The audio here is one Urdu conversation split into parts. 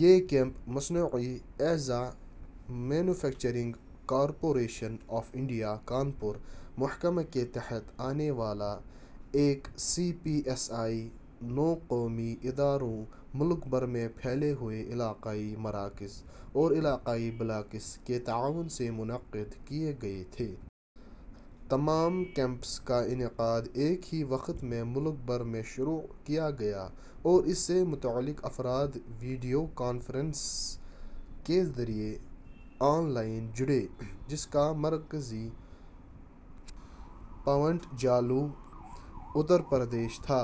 یہ کیمپ مصنوعی اعضاء manufacturing corporation of India, Kanpur, محکمہ کے تحت آنے والا ایک سی پی ایس ای ، نو قومی اداروں، ملک بھر میں پھیلے ہوئے علاقائی مراکز اور علاقائی بلاکس کے تعاون سے منعقد کیے گئے تھے۔ تمام کیمپس کا انعقاد ایک ہی وقت میں ملک بھر میں شروع کیا گیا اور اس سے متعلق افراد ویڈیو کانفرنسنگ کے ذریعے آن لائن جڑے، جس کا مرکزی پوائنٹ جالون، اتر پردیش تھا۔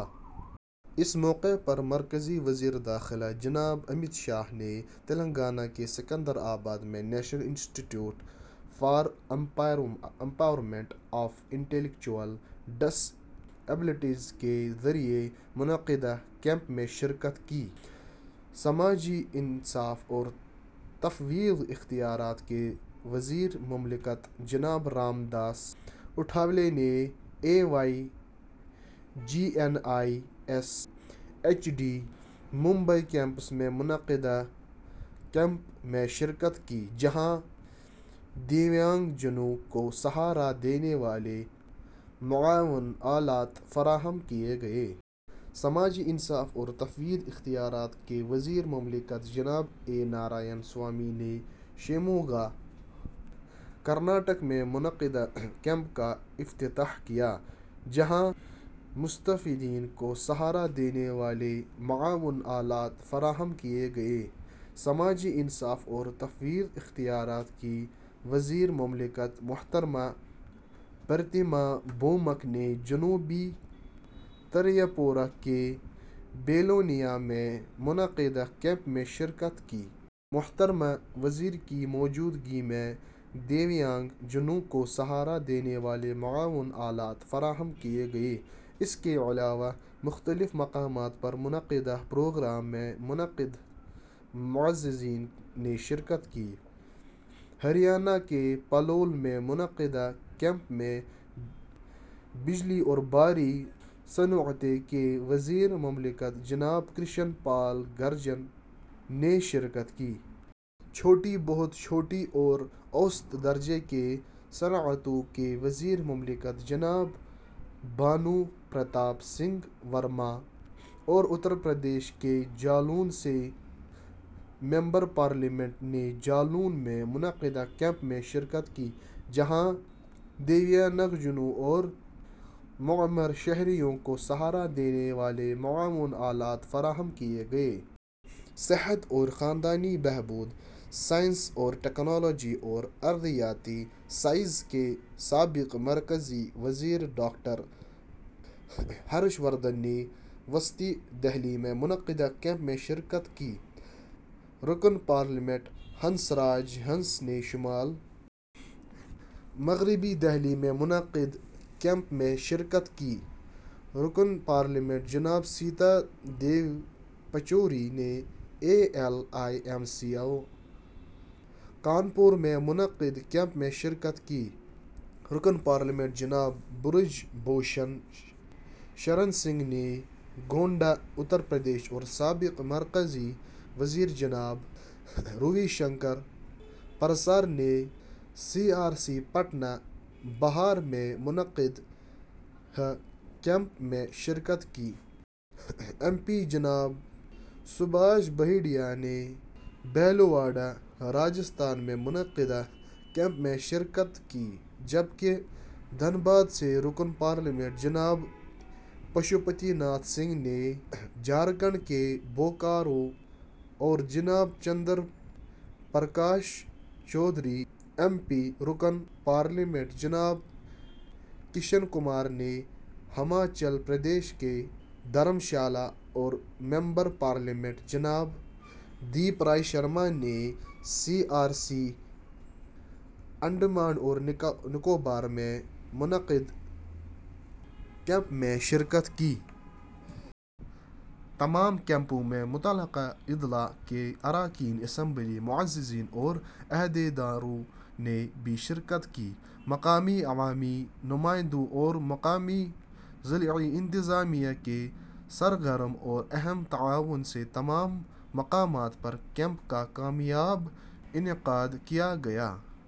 اس موقع پر مرکزی وزیر داخلہ جناب امت شاہ نے تلنگانہ کے سکندرآباد میں national institute for empowerment of intellectual disabilities کے ذریعہ منعقدہ کیمپ میں شرکت کی۔ سماجی انصاف اور تفویض اختیارات کے وزیر مملکت جناب رام داس اٹھاولے نے A Y J N I S H D, Mumbai campus میں منعقدہ کیمپ میں شرکت کی، جہاں دیویانگ جنوں کو سہارا دینے والے معاون آلات فراہم کیے گئے۔ سماجی انصاف اور تفویض اختیارات کے وزیر مملکت جناب اے۔ نارائن سوامی نے شیموگا، کرناٹک میں منعقدہ کیمپ کا افتتاح کیا، جہاں مستفیدین کو سہارا دینے والے معاون آلات فراہم کیے گئے۔ سماجی انصاف اور تفویض اختیارات کی وزیر مملکت محترمہ پرتیما بھومک، نے جنوبی تریپورہ کے بیلونیا میں منعقدہ کیمپ میں شرکت کی۔ محترمہ وزیر کی موجودگی میں دیویانگ جنوں کو سہارا دینے والے معاون آلات فراہم کیے گئے۔ اس کے علاوہ مختلف مقامات پر منعقدہ پروگرام میں متعدد معززین نے شرکت کی۔ ہریانہ کے پلول میں منعقدہ کیمپ میں بجلی اور بھاری صنعتوں کے وزیر مملکت جناب کرشن پال گرجر نے شرکت کی۔ چھوٹی، بہت چھوٹی اور اوسط درجے کی صنعتوں کے وزیر مملکت جناب بھانو پرتاپ سنگھ ورما، اور اترپردیش کے جالون سے ممبر پارلیمنٹ نے جالون میں منعقدہ کیمپ میں شرکت کی، جہاں دیویانگجنوں اور معمر شہریوں کو سہارا دینے والے معاون آلات فراہم کیے گئے۔ صحت اور خاندانی بہبود، سائنس اور ٹیکنالوجی اور ارضیاتی سائنسز کے سابق مرکزی وزیر ڈاکٹر ہرش وردھن نے وسطی دہلی میں منعقدہ کیمپ میں شرکت کی۔ رکن پارلیمنٹ ہنس راج ہنس نے شمال مغربی دہلی میں منعقد کیمپ میں شرکت کی، رکن پارلیمنٹ جناب ستیہ دیو پچوری نےاے L I M C O, Kanpur میں منعقد کیمپ میں شرکت کی، رکن پارلیمنٹ جناب برج بھوشن شرن سنگھ نے گونڈہ، اتر پردیش اور سابق مرکزی وزیرجناب روی شنکر پرسار نے سی آر سی پٹنہ، بہار میں منعقدہ کیمپ میں شرکت کی۔ ایم پی جناب سبھاش بہیڈیا نے بھیلواڑہ، راجستھان میں منعقدہ کیمپ میں شرکت کی جبکہ دھنباد سے رکن پارلیمنٹ جناب پشوپتی ناتھ سنگھ نے جھارکھنڈ کے بوکارو، اور جناب چندر پرکاش چودھری، ایم پی ،رکن پارلیمنٹ جناب کشن کمار نے ہماچل پردیش کے دھرم شالہ اور ممبر پارلیمنٹ جناب کلدیپ رائے شرما نے سی آر سی انڈمان اور نکوبار میں منعقدہ کیمپ میں شرکت کی۔ تمام کیمپوں میں متعلقہ اضلاع کے اراکین اسمبلی، معززین اور عہدیداروں نے بھی شرکت کی۔ مقامی عوامی نمائندوں اور مقامی ضلعی انتظامیہ کے سرگرم اور اہم تعاون سے تمام مقامات پر کیمپ کا کامیاب انعقاد کیا گیا۔